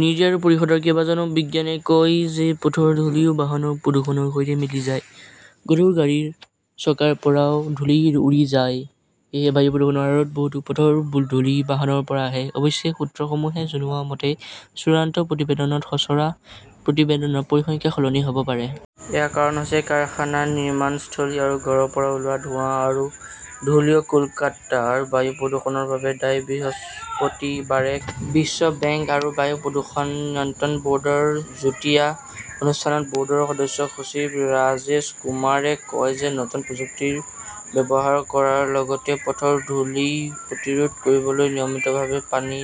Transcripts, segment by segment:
নিৰী আৰু পৰিষদৰ কেইবাজনো বিজ্ঞানীয়ে কয় যে, পথৰ ধূলিও বাহনৰ প্ৰদূষণৰ সৈতে মিলি যায়। গধুৰ গাড়ীৰ চকাৰ পৰাও ধূলি উৰি যায়। সেয়েহে বায়ু প্ৰদূষণৰ আঁৰত বহুতো পথৰ ধূলি বাহনৰ পৰা আহে। অৱশ্যে, সূত্ৰসমূহে জনোৱা মতে, চূড়ান্ত প্ৰতিবেদনত খচৰা প্ৰতিবেদনৰ পৰিসংখ্যা সলনি হ'ব পাৰে। ইয়াৰ কাৰণ হৈছে কাৰখানা, নিৰ্মাণস্থলী আৰু ঘৰৰ পৰা ওলোৱা ধোঁৱা আৰু ধূলিও কলকাতাৰ বায়ু প্ৰদূষণৰ বাবে দায়ী। বৃহস্পতিবাৰে বিশ্ব বেংক আৰু বায়ু প্ৰদূষণ নিয়ন্ত্ৰণ ব'ৰ্ডৰ যুটীয়া অনুষ্ঠানত ব'ৰ্ডৰ সদস্য-সচিব ৰাজেশ কুমাৰে কয় যে নতুন প্ৰযুক্তি ব্যৱহাৰ কৰাৰ লগতে পথৰ ধূলি প্ৰতিৰোধ কৰিবলৈ নিয়মিতভাৱে পানী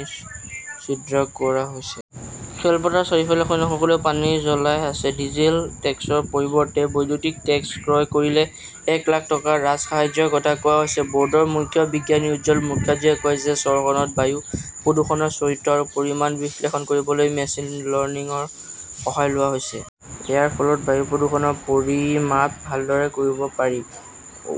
ছিদ্ৰ কৰা হৈছে। খেলপথাৰৰ চাৰিওফালে সৈন্যসকলেও পানী জ্বলাই আছে। ডিজেল টেক্সিৰ পৰিৱৰ্তে বৈদ্যুতিক টেক্সি ক্ৰয় কৰিলে এক লাখ টকাৰ ৰাজসাহায্যৰ কথা কোৱা হৈছে। ব'ৰ্ডৰ মুখ্য বিজ্ঞানী উজ্জ্বল মুখাৰ্জীয়ে কয় যে, চহৰখনত বায়ু প্ৰদূষণৰ চৰিত্ৰ আৰু পৰিমাণ বিশ্লেষণ কৰিবলৈ 'মেচিন লৰ্ণিঙৰ সহায় লোৱা হৈছে। ইয়াৰ ফলত বায়ু প্ৰদূষণৰ পৰিমাপ ভালদৰে কৰিব পাৰি।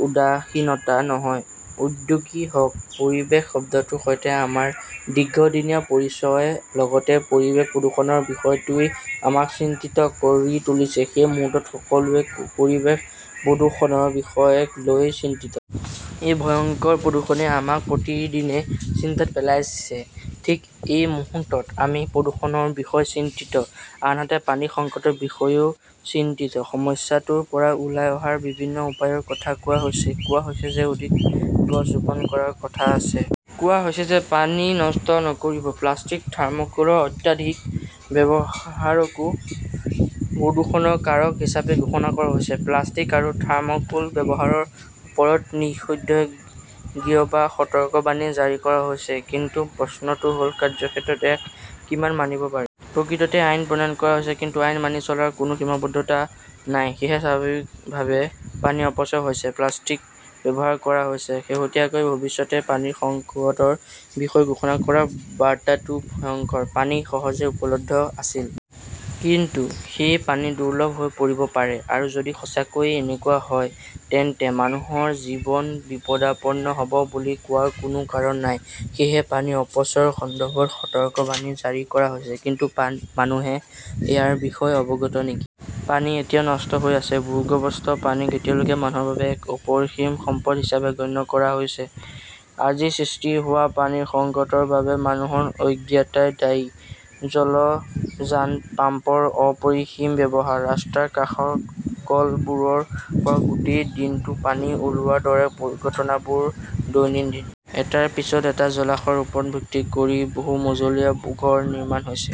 উদাসীনতা নহয়-উদ্যোগী হওক পৰিৱেশ শব্দটোৰ সৈতে আমাৰ দীৰ্ঘদিনীয়া পৰিচয়। লগতে পৰিৱেশ প্ৰদূষণৰ বিষয়টোৱে আমাক চিন্তিত কৰি তুলিছে। এই মুহূৰ্তত সকলোৱে পৰিৱেশ প্ৰদূষণৰ বিষয়ক লৈ চিন্তিত। এই ভয়ংকৰ প্ৰদূষণে আমাক প্ৰতিদিনে চিন্তাত পেলাইছে। ঠিক এই মুহূৰ্তত আমি প্ৰদূষণৰ বিষয়ে চিন্তিত, আনহাতে পানীৰ সংকটৰ বিষয়েও চিন্তিত। সমস্যাটোৰ পৰা ওলাই অহাৰ বিভিন্ন উপায়ৰ কথা কোৱা হৈছে। কোৱা হৈছে যে ,অধিক গছ ৰোপণ কৰাৰ কথা আছে। কোৱা হৈছে যে পানী নষ্ট নকৰিব। প্লাষ্টিক, থাৰ্মোকোলৰ অত্যাধিক ব্যৱহাৰকো প্ৰদূষণৰ কাৰক হিচাপে ঘোষণা কৰা হৈছে। প্লাষ্টিক আৰু থাৰ্মোকোল ব্যৱহাৰৰ ওপৰত নিষেধাজ্ঞা বা সতৰ্কবাণী জাৰি কৰা হৈছে। কিন্তু প্ৰশ্নটো হ'ল, কাৰ্যক্ষেত্ৰত ইয়াক কিমান মানিব পাৰি? প্ৰকৃততে আইন প্ৰণয়ন কৰা হৈছে কিন্তু আইন মানি চলাৰ কোনো সীমাবদ্ধতা নাই। সেয়েহে স্বাভাৱিকভাৱেই পানীৰ অপচয় হৈছে। প্লাষ্টিক ব্যৱহাৰ কৰা হৈছে। শেহতীয়াকৈ ভৱিষ্যতে পানীৰ সংকটৰ বিষয়ে ঘোষণা কৰা বাৰ্তাটো ভয়ংকৰ। পানী সহজে উপলব্ধ আছিল। কিন্তু সেই পানী দুৰ্লভ হৈ পৰিব পাৰে। আৰু যদি সঁচাকৈয়ে এনেকুৱা হয় তেন্তে মানুহৰ জীৱন বিপদাপন্ন হ'ব বুলি কোৱাৰ কোনো কাৰণ নাই। সেয়েহে পানীৰ অপচয়ৰ সন্দৰ্ভত সতৰ্কবাণী জাৰি কৰা হৈছে। কিন্তু মানুহে ইয়াৰ বিষয়ে অৱগত নেকি? পানী এতিয়াও নষ্ট হৈ আছে। ভূগৰ্ভস্থ পানীক এতিয়ালৈকে মানুহৰ বাবে এক অপৰিসীম সম্পদ হিচাপে গণ্য কৰা হৈছে। আজি সৃষ্টি হোৱা পানীৰ সংকটৰ বাবে মানুহৰ অজ্ঞতাই দায়ী। জলযান পাম্পৰ অপৰিসীম ব্যৱহাৰ, ৰাস্তাৰ কাষৰ কলবোৰৰ পৰা গোটেই দিনটো পানী ওলোৱাৰ দৰে ঘটনাবোৰ দৈনন্দিন। এটাৰ পিছত এটা জলাশয়ৰ ওপৰত ভিত্তি কৰি বহু-মজলীয়া ঘৰ নিৰ্মাণ হৈছে ।